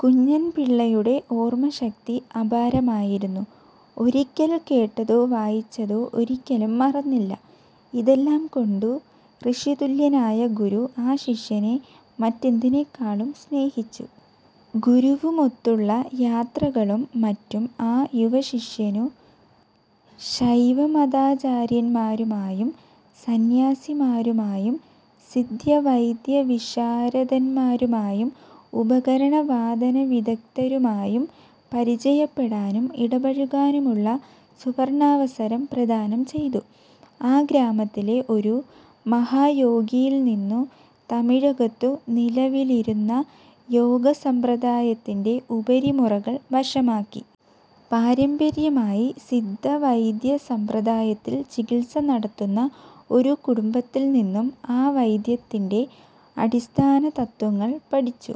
കുഞ്ഞൻപിള്ളയുടെ ഓർമ്മ ശക്തി അപാരമായിരുന്നു. ഒരിക്കൽ കേട്ടതോ വായിച്ചതോ ഒരിക്കലും മറന്നില്ല. ഇതെല്ലാംകൊണ്ടു് ഋഷി തുല്യനായ ഗുരു ആ ശിഷ്യനെ മറ്റെന്തിനെക്കാളും സ്നേഹിച്ചു. ഗുരുവുമൊത്തുള്ള യാത്രകളും മറ്റും ആ യുവശിഷ്യനു് ശൈവമതാചാര്യന്മാരുമായും, സന്ന്യാസിമാരുമായും, സിദ്ധ്യവൈദ്യവിശാരദന്മാരുമായും, ഉപകരണ വാദനവിദഗ്ദ്ധരുമായും പരിചയപ്പെടാനും ഇടപഴകാനുമുള്ള സുവർണ്ണാവസരം പ്രദാനം ചെയ്തു. ആ ഗ്രാമത്തിലെ ഒരു മഹായോഗിയിൽ നിന്നു് തമിഴകത്തു നിലവിലിരുന്ന യോഗ സമ്പ്രദായത്തിന്റെ ഉപരി മുറകൾ വശമാക്കി. പാരമ്പര്യമായി സിദ്ധവൈദ്യ സമ്പ്രദായത്തിൽ ചികിത്സ നടത്തുന്ന ഒരു കുടുംബത്തിൽനിന്നും ആ വൈദ്യത്തിന്റെ അടിസ്ഥാനതത്ത്വങ്ങൾ പഠിച്ചു.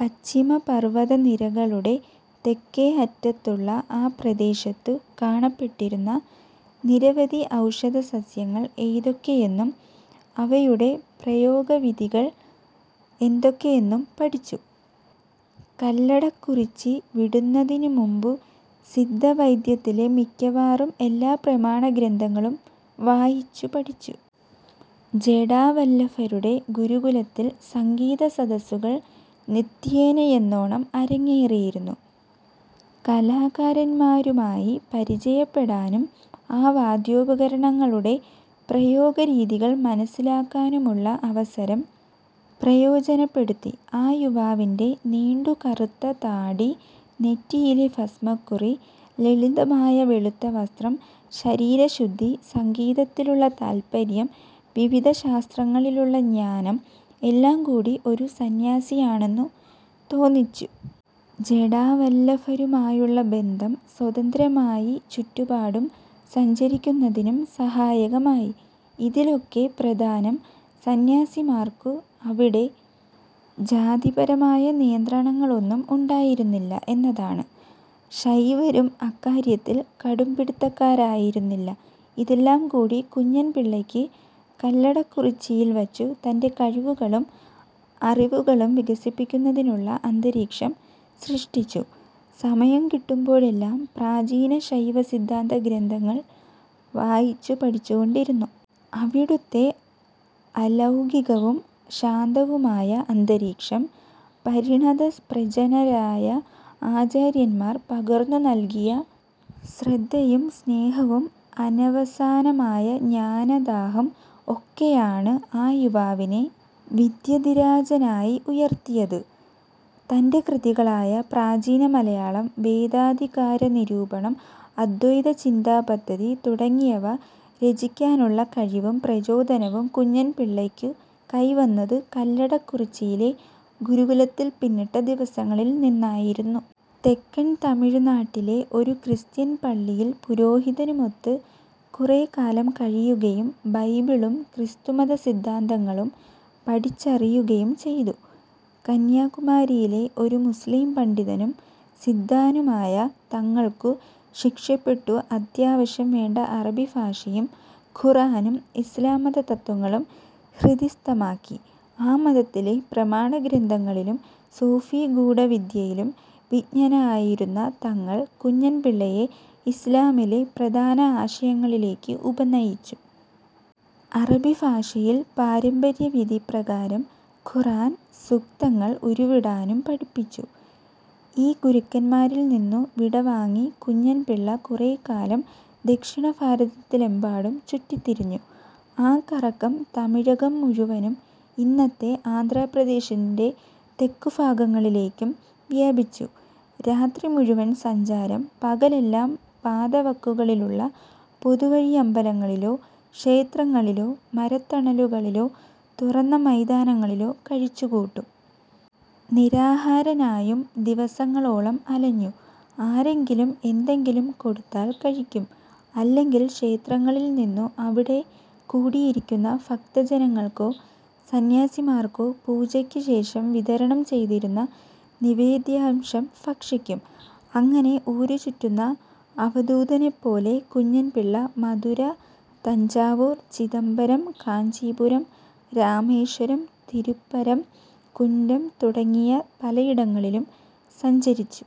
പശ്ചിമ പർവത നിരകളുടെ തെക്കേ അറ്റത്തുള്ള ആ പ്രദേശത്തു് കാണപ്പെട്ടിരുന്ന നിരവധി ഔഷധസസ്യങ്ങൾ ഏതൊക്കെയെന്നും, അവയുടെ പ്രായോഗവിധികൾ എന്തൊക്കെയെന്നും പഠിച്ചു. കല്ലടക്കുറിച്ചി വിടുന്നതിനുമുമ്പു് സിദ്ധവൈദ്യത്തിലെ മിക്കവാറും എല്ലാ പ്രമാണ ഗ്രന്ഥങ്ങളും വായിച്ചു പഠിച്ചു. ജടാവല്ലഭരുടെ ഗുരുകുലത്തിൽ സംഗീത സദസ്സുകൾ നിത്യേനയെന്നോണം അരങ്ങേറിയിരുന്നു. കലാകാരന്മാരുമായി പരിചയപ്പെടാനും, ആ വാദ്യോപകരണങ്ങളുടെ പ്രയോഗരീതികൾ മനസ്സിലാക്കാനുമുള്ള അവസരം പ്രയോജനപ്പെടുത്തി. ആ യുവാവിന്റെ നീണ്ടു കറുത്ത താടി, നെറ്റിയിലെ ഭസ്മക്കുറി, ലളിതമായ വെളുത്ത വസ്ത്രം, ശരീരശുദ്ധി, സംഗീതത്തിലുള്ള താല്പര്യം, വിവിധ ശാസ്ത്രങ്ങളിലുള്ള ജ്ഞാനം, എല്ലാംകൂടി ഒരു സന്ന്യാസിയാണെന്നു തോന്നിച്ചു. ജടാവല്ലഭരുമായുള്ള ബന്ധം സ്വതന്ത്രമായി ചുറ്റുപാടും സഞ്ചരിക്കുന്നതിനും സഹായകമായി. ഇതിലൊക്കെ പ്രധാനം സന്ന്യാസിമാർക്കു് അവിടെ ജാതിപരമായ നിയന്ത്രണങ്ങളൊന്നും ഉണ്ടായിരുന്നില്ല എന്നതാണു്. ശൈവരും അക്കാര്യത്തിൽ കടുംപിടിത്തക്കാരായിരുന്നില്ല. ഇതെല്ലാം കൂടി കുഞ്ഞൻപിള്ളയ്ക്ക് കല്ലടക്കുറിച്ചിയിൽ വച്ചു് തന്റെ കഴിവുകളും അറിവുകളും വികസിപ്പിക്കുന്നതിനുള്ള അന്തരീക്ഷം സൃഷ്ടിച്ചു. സമയം കിട്ടുമ്പോഴെല്ലാം പ്രാചീന ശൈവസിദ്ധാന്ത ഗ്രന്ഥങ്ങൾ വായിച്ചു പഠിച്ചുകൊണ്ടിരുന്നു. അവിടുത്തെ അലൗകികവും ശാന്തവുമായ അന്തരീക്ഷം, പരിണത പ്രജനരായ ആചാര്യന്മാർ പകർന്നു നൽകിയ ശ്രദ്ധയും സ്നേഹവും, അനവസാനമായ ജ്ഞാനദാഹം, ഒക്കെയാണു് ആ യുവാവിനെ വിദ്യധിരാജനായി ഉയർത്തിയതു്. തന്റെ കൃതികളായ പ്രാചീന മലയാളം, വേദാധികാരനിരൂപണം, അദ്വൈതചിന്താപദ്ധതി തുടങ്ങിയവ രചിക്കാനുള്ള കഴിവും പ്രചോദനവും കുഞ്ഞൻപിള്ളയ്ക്കു കൈവന്നതു് കല്ലടക്കുറിച്ചിയിലെ ഗുരുകുലത്തിൽ പിന്നിട്ട ദിവസങ്ങളിൽ നിന്നായിരുന്നു. തെക്കൻ തമിഴു്നാട്ടിലെ ഒരു ക്രിസ്ത്യൻ പള്ളിയിൽ പുരോഹിതനുമൊത്തു് കുറെക്കാലം കഴിയുകയും, ബൈബിളും ക്രിസ്തുമതസിദ്ധാന്തങ്ങളും പഠിച്ചറിയുകയും ചെയ്തു. കന്യാകുമാരിയിലെ ഒരു മുസ്ലീം പണ്ഡിതനും സിദ്ധാനുമായ തങ്ങൾക്കു ശിഷ്യപ്പെട്ടു് അത്യാവശ്യം വേണ്ട അറബി ഭാഷയും ഖുറാനും ഇസ്ലാംമത തത്ത്വങ്ങളും ഹൃദിസ്ഥമാക്കി. ആ മതത്തിലെ പ്രമാണഗ്രന്ഥങ്ങളിലും സൂഫി ഗൂഢവിദ്യയിലും വിജ്ഞനായിരുന്ന തങ്ങൾ കുഞ്ഞൻപിള്ളയെ ഇസ്ലാമിലെ പ്രധാന ആശയങ്ങളിലേക്കു് ഉപനയിച്ചു. അറബി ഭാഷയിൽ പാരമ്പര്യവിധി പ്രകാരം ഖുർ-ആൻ സൂക്തങ്ങൾ ഉരുവിടാനും പഠിപ്പിച്ചു. ഈ ഗുരുക്കന്മാരിൽ നിന്നു വിടവാങ്ങി കുഞ്ഞൻപിള്ള കുറെക്കാലം ദക്ഷിണ ഭാരതത്തിലെമ്പാടും ചുറ്റിത്തിരിഞ്ഞു. ആ കറക്കം തമിഴകം മുഴുവനും, ഇന്നത്തെ ആന്ധ്രാപ്രദേശിന്റെ തെക്കുഭാഗങ്ങളിലേക്കും വ്യാപിച്ചു. രാത്രി മുഴുവൻ സഞ്ചാരം. പകലെല്ലാം പാതവക്കുകളിലുള്ള പൊതുവഴിയമ്പലങ്ങളിലോ, ക്ഷേത്രങ്ങളിലോ, മരത്തണലുകളിലോ, തുറന്ന മൈതാനങ്ങളിലോ കഴിച്ചുകൂട്ടും. നിരാഹാരനായും ദിവസങ്ങളോളം അലഞ്ഞു. ആരെങ്കിലും എന്തെങ്കിലും കൊടുത്താൽ കഴിക്കും; അല്ലെങ്കിൽ ക്ഷേത്രങ്ങളിൽ നിന്നു് അവിടെ കൂടിയിരിക്കുന്ന ഭക്തജനങ്ങൾക്കോ സന്ന്യാസിമാർക്കോ പൂജയ്ക്കു ശേഷം വിതരണം ചെയ്തിരുന്ന നിവേദ്യാംശം ഭക്ഷിക്കും. അങ്ങനെ ഊരുചുറ്റുന്ന അവധൂതനെപ്പോലെ കുഞ്ഞൻപിള്ള മധുര, തഞ്ചാവൂർ, ചിദംബരം, കാഞ്ചീപുരം, രാമേശ്വരം, തിരുപ്പരം കുന്റം തുടങ്ങി പലയിടങ്ങളിലും സഞ്ചരിച്ചു.